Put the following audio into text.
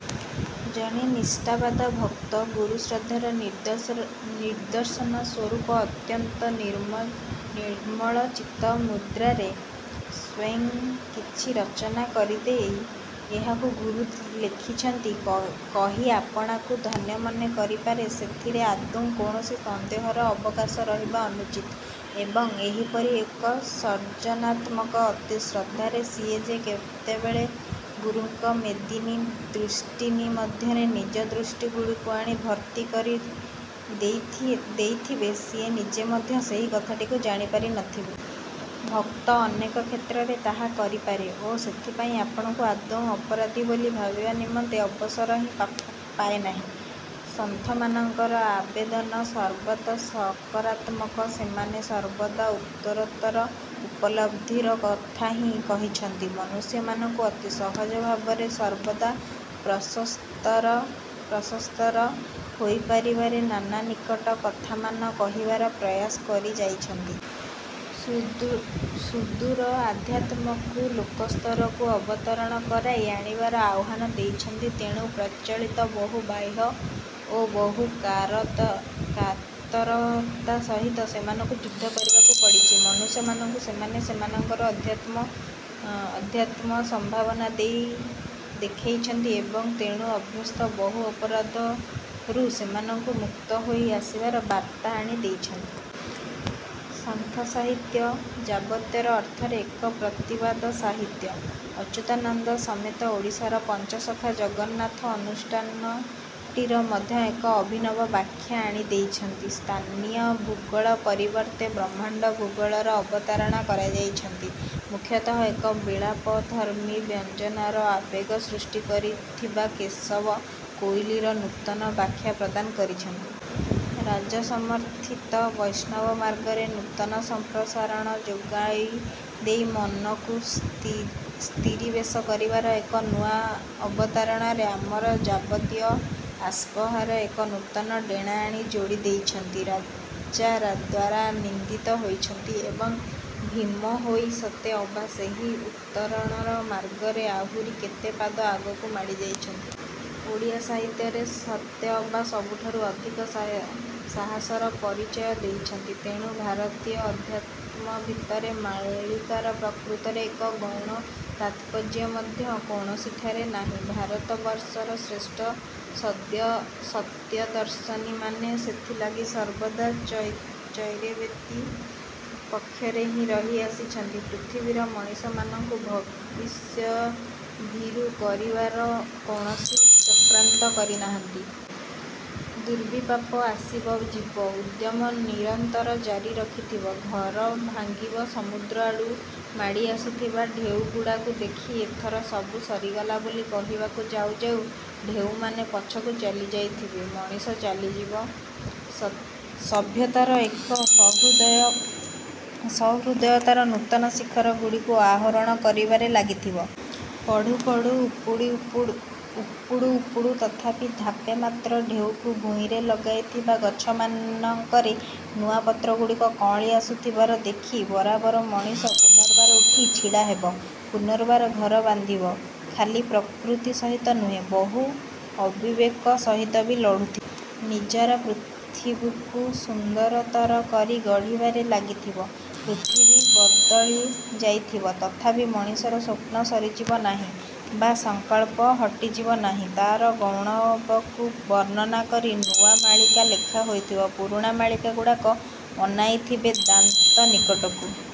ଜଣେ ନିଷ୍ଠାବାନ ଭକ୍ତ ଗୁରୁଶ୍ରଦ୍ଧାର ନିଦର୍ଶନ ସ୍ୱରୂପ ଅତ୍ୟନ୍ତ ନିର୍ମଳଚିତ ମୁଦ୍ରାରେ ସ୍ୱୟଂ କିଛି ରଚନା କରିଦେଇ ଏହାକୁ ଗୁରୁ ଲେଖିଛନ୍ତି କହି ଆପଣାକୁ ଧନ୍ୟ ମନେ କରିପାରେ, ସେଥିରେ ଆଦୌ କୌଣସି ସନ୍ଦେହର ଅବକାଶ ରହିବା ଅନୁଚିତ। ଏବଂ, ଏହିପରି ଏକ ସର୍ଜନାତ୍ମକ ଅତି-ଶ୍ରଦ୍ଧାରେ ସିଏ ଯେ କେତେବେଳେ ଗୁରୁଙ୍କ ମେଦିନୀ-ଦୃଷ୍ଟିଟି ମଧ୍ୟରେ ନିଜ ଦୃଷ୍ଟିଗୁଡ଼ିକୁ ଆଣି ଭର୍ତ୍ତି କରି ଦେଉଥିବେ, ସିଏ ନିଜେ ମଧ୍ୟ ସେହି କଥାଟିକୁ ଜାଣି ପାରୁନଥିବେ। ଭକ୍ତ ଅନେକ କ୍ଷେତ୍ରରେ ତାହା କରିପାରେ ଓ ସେଥିପାଇଁ ଆପଣାକୁ ଆଦୌ ଅପରାଧୀ ବୋଲି ଭାବିବା ନିମନ୍ତେ ଅବସର ହିଁ ପାଏ ନାହିଁ। ସନ୍ଥମାନଙ୍କର ଆବେଦନ ସର୍ବତ୍ର ସକାରାତ୍ମକ। ସେମାନେ ସର୍ବଦା ଉତ୍ତରୋତ୍ତର ଉପଲବ୍ଧିର କଥା ହିଁ କହିଛନ୍ତି। ମନୁଷ୍ୟମାନଙ୍କୁ ଅତି ସହଜ ଭାବରେ ସର୍ବଦା ପ୍ରଶସ୍ତତର ହୋଇପାରିବାରେ ନାନା ନିରାଟ କଥାମାନ କହିବାର ପ୍ରୟାସ କରିଯାଇଛନ୍ତି। ସୁଦୂର ଆଧ୍ୟାତ୍ମକୁ ଲୋକସ୍ତରକୁ ଅବତରଣ କରାଇ ଆଣିବାର ଆହ୍ୱାନ ଦେଇଛନ୍ତି। ତେଣୁ ପ୍ରଚଳିତ ବହୁ ବାହ୍ୟ ଓ ବହୁ କାତରତା ସହିତ ସେମାନଙ୍କୁ ଯୁଦ୍ଧ କରିବାକୁ ପଡ଼ିଛି। ମନୁଷ୍ୟମାନଙ୍କୁ ସେମାନେ ସେମାନଙ୍କର ଅଧ୍ୟାତ୍ମ ସମ୍ଭାବନା ଦେଇ ଦେଖିଛନ୍ତି ଏବଂ ତେଣୁ ଅଭ୍ୟସ୍ତ ବହୁ ଅପରାଧବୋଧରୁ ସେମାନଙ୍କୁ ମୁକ୍ତ ହୋଇ ଆସିବାର ବାର୍ତ୍ତା ଆଣି ଦେଇଛନ୍ତି। ସନ୍ଥସାହିତ୍ୟ ଯାବତୀୟ ଅର୍ଥରେ ଏକ ପ୍ରତିବାଦ ସାହିତ୍ୟ। ଅଚ୍ୟୁତାନନ୍ଦ ସମେତ ଓଡ଼ିଶାର ପଞ୍ଚସଖା ଜଗନ୍ନାଥ ଅନୁଷ୍ଠାନଟିର ମଧ୍ୟ ଏକ ଅଭିନବ ବାଖ୍ୟା ଆଣି ଦେଇଛନ୍ତି। ସ୍ଥାନୀୟ ଭୂଗୋଳ ପରିବର୍ତ୍ତେ ବ୍ରହ୍ମାଣ୍ଡ ଭୂଗୋଳର ଅବତାରଣା କରାଇଛନ୍ତି। ମୁଖ୍ୟତଃ ଏକ ବିଳାପଧର୍ମୀ ବ୍ୟଞ୍ଜନାର ଆବେଗ ସୃଷ୍ଟି କରୁଥିବା କେଶବ କୋଇଲିର ନୂତନ ବାଖ୍ୟା ପ୍ରଦାନ କରିଛନ୍ତି। ରାଜସମର୍ଥିତ ବୈଷ୍ଣବ ମାର୍ଗରେ ନୂତନ ସମ୍ପ୍ରସାରଣ ଯୋଗାଇ ଦେଇ ମନକୁ ସ୍ତୀରିବେଶ କରିବାର ଏକ ନୂଆ ଅବତାରଣାରେ ଆମର ଯାବତୀୟ ଆସ୍ପୃହାରେ ଏକ ନୂତନ ଡ଼େଣା ଆଣି ଯୋଡ଼ି ଦେଇଛନ୍ତି। ରାଜା ଦ୍ଵାରା ନିନ୍ଦିତ ହୋଇଛନ୍ତି। ଏବଂ, ଭୀମ ଭୋଇ ସତେ ଅବା ସେହି ଉତ୍ତରଣର ମାର୍ଗରେ ଆହୁରି କେତେ ପାଦ ଆଗକୁ ମାଡ଼ି ଯାଇଛନ୍ତି। ଓଡ଼ିଆ ସାହିତ୍ୟରେ ସତେଅବା ସବୁଠାରୁ ଅଧିକ ସାହସର ପରିଚୟ ଦେଇଛନ୍ତି। ତେଣୁ ଭାରତୀୟ ଅଧ୍ୟାତ୍ମ ଭିତରେ ମାଳିକାର ପ୍ରକୃତରେ ଏକ ଗୌଣ ତାତ୍ପର୍ଯ୍ୟ ମଧ୍ୟ କୌଣସିଠାରେ ନାହିଁ। ଭାରତବର୍ଷର ଶ୍ରେଷ୍ଠ ସତ୍ୟଦର୍ଶୀମାନେ ସେଥିଲାଗି ସର୍ବଦା ଚରୈବେତି ପକ୍ଷରେ ହିଁ ରହିଆସିଛନ୍ତି। ପୃଥିବୀର ମଣିଷମାନଙ୍କୁ ଭବିଷ୍ୟଭୀରୁ କରିବାର କୌଣସି ଚକ୍ରାନ୍ତ କରିନାହାନ୍ତି। ଦୁର୍ବିପାକ ଆସିବ, ଯିବ, ଉଦ୍ୟମ ନିରନ୍ତର ଜାରି ରହିଥିବ। ଘର ଭାଙ୍ଗିବ, ସମୁଦ୍ର ଆଡୁ ମାଡ଼ି ଆସୁଥିବା ଢ଼େଉ ଗୁଡ଼ାକୁ ଦେଖି ଏଥର ସବୁ ସରିଗଲା ବୋଲି କହିବାକୁ ଯାଉ ଯାଉ ଢେଉମାନେ ପଛକୁ ଚାଲିଯାଇଥବେ। ମଣିଷ ଚାଲିଥିବ, ସଭ୍ୟତାର ଏବଂ ସହୃଦୟତାର ନୂତନ ଶିଖର ଗୁଡ଼ିକୁ ଆରୋହଣ କରିବାରେ ଲାଗିଥିବ। ପଡୁ ପଡୁ ଉପୁଡୁ ଉପୁଡୁ ତଥାପି ଧାପେ ମାତ୍ର ଢ଼େଉକୁ ଭୂଇଁରେ ଲଗାଇଥିବା ଗଛମାନଙ୍କରେ ନୂଆ ପତ୍ରଗୁଡ଼ିକ କଅଁଳି ଆସୁଥିବାର ଦେଖି ବରାବର ମଣିଷ ପୁନର୍ବାର ଉଠି ଛିଡ଼ା ହେବ। ପୁନର୍ବାର ଘର ବାନ୍ଧିବ। ଖାଲି ପ୍ରକୃତି ସହିତ ନୁହେଁ, ବହୁ ଅବିବେକ ସହିତ ବି ଲଢୁଥିବ। ନିଜର ପୃଥିବୀଟିକୁ ସୁନ୍ଦରତର କରି ଗଢ଼ିବାରେ ଲାଗିଥିବ। ପୃଥିବୀ ବଦଳି ଯାଉଥିବ। ତଥାପି ମଣିଷର ସ୍ୱପ୍ନ ସରିଯିବ ନାହିଁ ବା ସଂକଳ୍ପ ହଟିଯିବ ନାହିଁ। ତା'ର ଗୌରବକୁ ବର୍ଣ୍ଣନା। କରି ନୂଆ ମାଳିକା ଲେଖା ହେଉଥିବ; ପୁରୁଣା ମାଳିକା ଗୁଡ଼ାକ ଅନାଇ ଥିବେ। ଦାନ୍ତ ନିକୁଟି